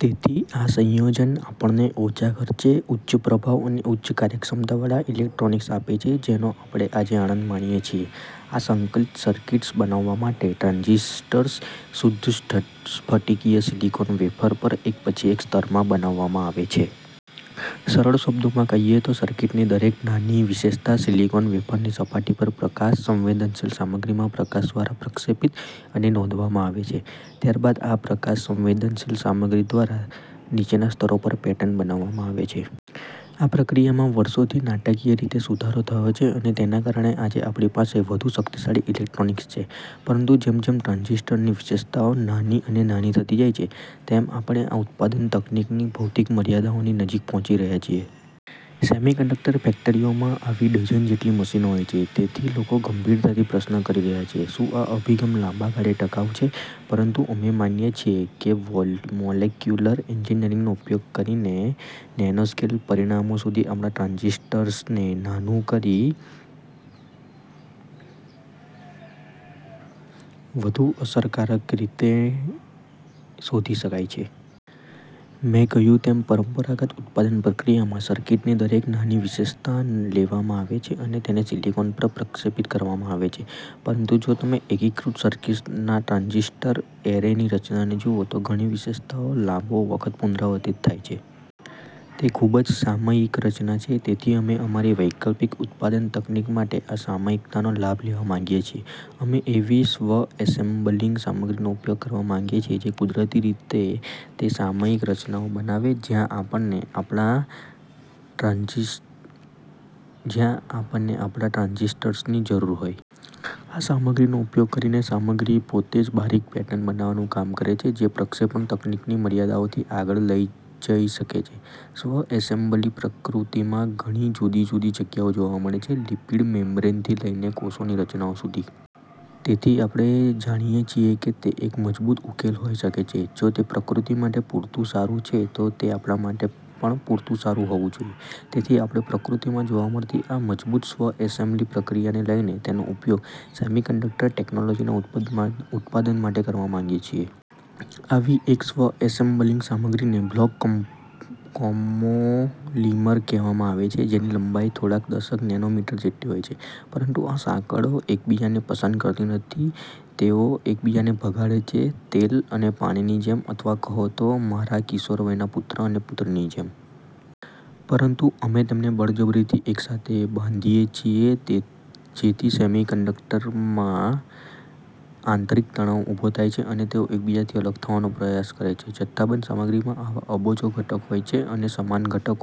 તેથી આ સંયોજન આપણને ઓછા ખર્ચે, ઉચ્ચ પ્રભાવ અને ઉચ્ચ કાર્યક્ષમતાવાળા ઇલેક્ટ્રોનિક્સ આપે છે, જેનો આપણે આજે આનંદ માણીએ છીએ. આ સંકલિત સર્કિટ્સ બનાવવા માટે, ટ્રાન્ઝિસ્ટર્સ શુદ્ધ સ્ફટિકીય સિલિકોન વેફર પર એક પછી એક સ્તરમાં બનાવવામાં આવે છે. સરળ શબ્દોમાં કહીએ તો, સર્કિટની દરેક નાની વિશેષતા સિલિકોન વેફરની સપાટી પર પ્રકાશ-સંવેદનશીલ સામગ્રીમાં પ્રકાશ દ્વારા પ્રક્ષેપિત અને નોંધવામાં આવે છે. ત્યારબાદ આ પ્રકાશ-સંવેદનશીલ સામગ્રી દ્વારા નીચેના સ્તરો પર પેટર્ન બનાવવામાં આવે છે. આ પ્રક્રિયામાં વર્ષોથી નાટકીય રીતે સુધારો થયો છે અને તેના કારણે આજે આપણી પાસે વધુ શક્તિશાળી ઇલેક્ટ્રોનિક્સ છે. પરંતુ જેમ જેમ ટ્રાન્ઝિસ્ટરની વિશેષતાઓ નાની અને નાની થતી જાય છે, તેમ આપણે આ ઉત્પાદન તકનીકની ભૌતિક મર્યાદાઓની નજીક પહોંચી રહ્યા છીએ. સેમિકન્ડક્ટર ફેક્ટરીઓમાં આવી ડઝન જેટલી મશીનો હોય છે. તેથી લોકો ગંભીરતાથી પ્રશ્ન કરી રહ્યા છે: શું આ અભિગમ લાંબા ગાળે ટકાઉ છે? પરંતુ અમે માનીએ છીએ કે મોલેક્યુલર એન્જિનિયરિંગનો ઉપયોગ કરીને અને નેનોસ્કેલ પરિમાણો સુધી આપણા ટ્રાન્ઝિસ્ટર્સને નાનું કરીને ચિપનું ઉત્પાદન કરવાની એકદમ અલગ અને વધુ અસરકારક રીત શોધી શકાય છે. મેં કહ્યું તેમ, પરંપરાગત ઉત્પાદન પ્રક્રિયામાં સર્કિટની દરેક નાની વિશેષતા લેવામાં આવે છે અને તેને સિલિકોન પર પ્રક્ષેપિત કરવામાં આવે છે. પરંતુ જો તમે એકીકૃત સર્કિટના ટ્રાન્ઝિસ્ટર એરેની રચનાને જુઓ, તો ઘણી વિશેષતાઓ લાખો વખત પુનરાવર્તિત થાય છે. તે ખૂબ જ સામયિક રચના છે. તેથી અમે અમારી વૈકલ્પિક ઉત્પાદન તકનીક માટે આ સામયિકતાનો લાભ લેવા માંગીએ છીએ. અમે એવી સ્વ-એસેમ્બલિંગ સામગ્રીનો ઉપયોગ કરવા માંગીએ છીએ, જે કુદરતી રીતે તે સામયિક રચનાઓ બનાવે, જ્યાં આપણને આપણા ટ્રાન્ઝિસ્ટર્સની જરૂર હોય. આ સામગ્રીનો ઉપયોગ કરીને, સામગ્રી પોતે જ બારીક પેટર્ન બનાવવાનું કામ કરે છે, જે પ્રક્ષેપણ તકનીકની મર્યાદાઓથી આગળ લઈ જઈ શકે છે. સ્વ-એસેમ્બલી પ્રકૃતિમાં ઘણી જુદી જુદી જગ્યાએ જોવા મળે છે, લિપિડ મેમ્બ્રેનથી લઈને કોષોની રચનાઓ સુધી. તેથી આપણે જાણીએ છીએ કે તે એક મજબૂત ઉકેલ હોઈ શકે છે. જો તે પ્રકૃતિ માટે પૂરતું સારું છે, તો તે આપણા માટે પણ પૂરતું સારું હોવું જોઈએ. તેથી આપણે પ્રકૃતિમાં જોવા મળતી આ મજબૂત સ્વ-એસેમ્બલી પ્રક્રિયાને લઈને તેનો ઉપયોગ સેમિકન્ડક્ટર ટેક્નોલોજીના ઉત્પાદન માટે કરવા માંગીએ છીએ. આવી એક સ્વ-એસેમ્બલિંગ સામગ્રીને બ્લોક કોપોલિમર કહેવામાં આવે છે, જેની લંબાઈ થોડાક દશક નેનોમીટર જેટલી હોય છે. પરંતુ આ સાંકળો એકબીજાને પસંદ કરતી નથી. તેઓ એકબીજાને ભગાડે છે, તેલ અને પાણીની જેમ અથવા, કહો તો, મારા કિશોરવયના પુત્ર અને પુત્રીની જેમ. પરંતુ અમે તેમને બળજબરીથી એકસાથે બાંધીએ છીએ, જેથી સિસ્ટમમાં આંતરિક તણાવ ઊભો થાય અને તેઓ એકબીજાથી અલગ થવાનો પ્રયાસ કરે. જથ્થાબંધ સામગ્રીમાં આવા અબજો ઘટકો હોય છે, અને સમાન ઘટકો...